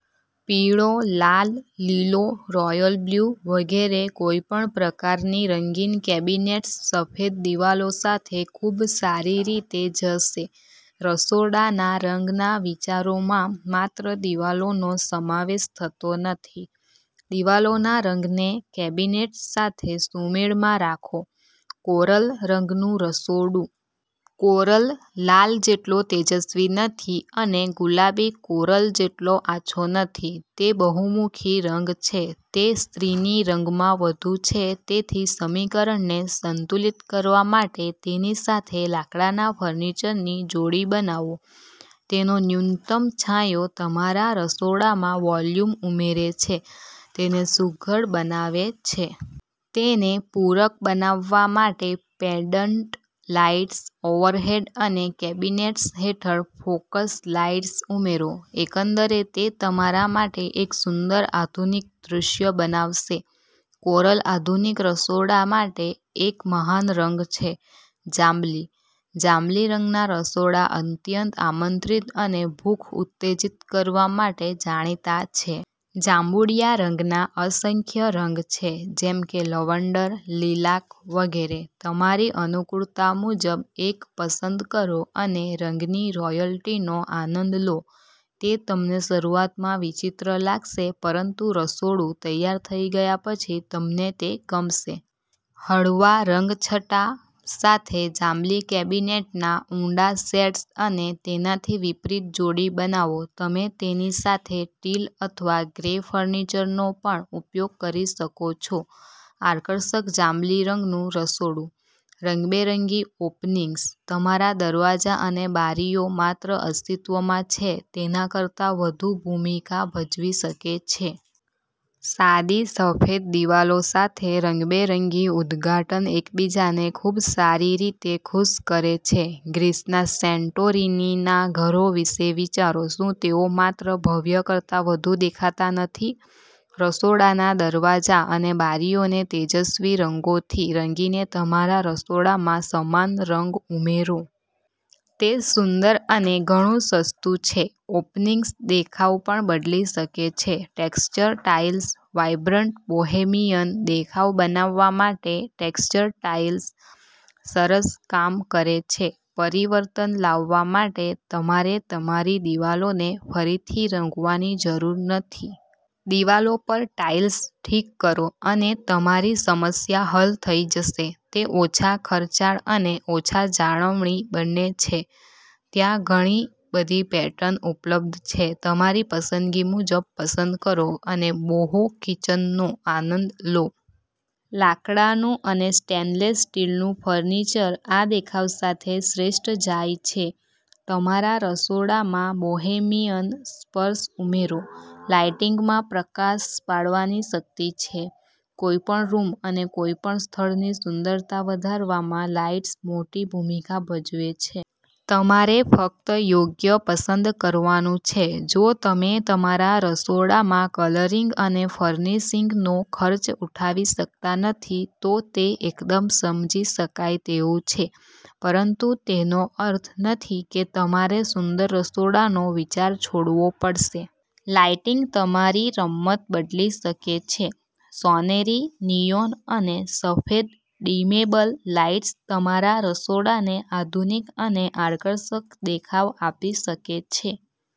પીળો, લાલ, લીલો, royal blue વગેરે, કોઈપણ પ્રકારની રંગીન કેબિનેટ્સ સફેદ દિવાલો સાથે ખૂબ સારી રીતે જશે. રસોડાના રંગના વિચારોમાં માત્ર દિવાલોનો સમાવેશ થતો નથી. દિવાલોના રંગને કેબિનેટ સાથે સુમેળમાં રાખો. કોરલ રંગનું રસોડું. કોરલ લાલ જેટલો તેજસ્વી નથી અને ગુલાબી કોરલ જેટલો આછો નથી. તે બહુમુખી રંગ છે. તે સ્ત્રીની રંગમાં વધુ છે તેથી સમીકરણને સંતુલિત કરવા માટે તેની સાથે લાકડાના ફર્નિચરની જોડી બનાવો. તેનો ન્યૂનતમ છાંયો તમારા રસોડામાં વોલ્યુમ ઉમેરે છે, તેને સુઘડ બનાવે છે. તેને પૂરક બનાવવા માટે પેન્ડન્ટ લાઇટ્સ ઓવરહેડ અને કેબિનેટ્સ હેઠળ ફોકસ લાઇટ્સ ઉમેરો. એકંદરે તે તમારા માટે એક સુંદર આધુનિક દૃશ્ય બનાવશે. કોરલ આધુનિક રસોડા માટે એક મહાન રંગ છે. જાંબલી. જાંબલી રંગના રસોડા અત્યંત આમંત્રિત અને ભૂખ ઉત્તેજિત કરવા માટે જાણીતા છે. જાંબુડિયા રંગના અસંખ્ય રંગ છે, જેમ કે લવંડર, લીલાક વગેરે. તમારી અનુકૂળતા મુજબ એક પસંદ કરો અને રંગની રોયલ્ટીનો આનંદ લો. તે તમને શરૂઆતમાં વિચિત્ર લાગશે, પરંતુ રસોડું તૈયાર થઈ ગયા પછી, તમને તે ગમશે. હળવા રંગછટા સાથે જાંબલી કેબિનેટના ઊંડા શેડ્સ અને તેનાથી વિપરીત જોડી બનાવો. તમે તેની સાથે ટીલ અથવા ગ્રે ફર્નિચરનો પણ ઉપયોગ કરી શકો છો. આકર્ષક જાંબલી રંગનું રસોડું. રંગબેરંગી ઓપનિંગ્સ. તમારા દરવાજા અને બારીઓ માત્ર અસ્તિત્વમાં છે તેના કરતાં વધુ ભૂમિકા ભજવી શકે છે. સાદી સફેદ દિવાલો સાથે રંગબેરંગી ઉદઘાટન એકબીજાને ખૂબ સારી રીતે ખુશ કરે છે. ગ્રીસના સેન્ટોરિનીના ઘરો વિશે વિચારો. શું તેઓ માત્ર ભવ્ય કરતાં વધુ દેખાતા નથી? રસોડાના દરવાજા અને બારીઓને તેજસ્વી રંગોથી રંગીને તમારા રસોડામાં સમાન રંગ ઉમેરો. તે સુંદર અને ઘણું સસ્તું છે. ઓપનિંગ્સ દેખાવ પણ બદલી શકે છે. Texture tiles. વાઇબ્રન્ટ બોહેમિયન દેખાવ બનાવવા માટે ટેક્ષ્ચર ટાઇલ્સ સરસ કામ કરે છે. પરિવર્તન લાવવા માટે તમારે તમારી દિવાલોને ફરીથી રંગવાની જરૂર નથી. દિવાલો પર ટાઇલ્સ ઠીક કરો, અને તમારી સમસ્યા હલ થઈ જશે. તે ઓછા ખર્ચાળ અને ઓછા જાળવણી બંને છે. ત્યાં ઘણી બધી પેટર્ન ઉપલબ્ધ છે. તમારી પસંદગી મુજબ પસંદ કરો અને બોહો કિચનનો આનંદ લો. લાકડાનું અને સ્ટેનલેસ સ્ટીલનું ફર્નિચર આ દેખાવ સાથે શ્રેષ્ઠ જાય છે. તમારા રસોડામાં બોહેમિયન સ્પર્શ ઉમેરો. લાઇટિંગમાં પ્રકાશ પાડવાની શક્તિ છે. કોઈપણ રૂમ અને કોઈપણ સ્થળની સુંદરતા વધારવામાં લાઇટ્સ મોટી ભૂમિકા ભજવે છે. તમારે ફક્ત યોગ્ય પસંદ કરવાનું છે. જો તમે તમારા રસોડામાં કલરિંગ અને ફર્નિશિંગનો ખર્ચ ઉઠાવી શકતા નથી, તો તે એકદમ સમજી શકાય તેવું છે. પરંતુ તેનો અર્થ નથી કે તમારે સુંદર રસોડાનો વિચાર છોડવો પડશે. લાઇટિંગ તમારી રમત બદલી શકે છે. સોનેરી, નિયોન અને સફેદ ડિમેબલ લાઇટ્સ તમારા રસોડાને આધુનિક અને આકર્ષક દેખાવ આપી શકે છે.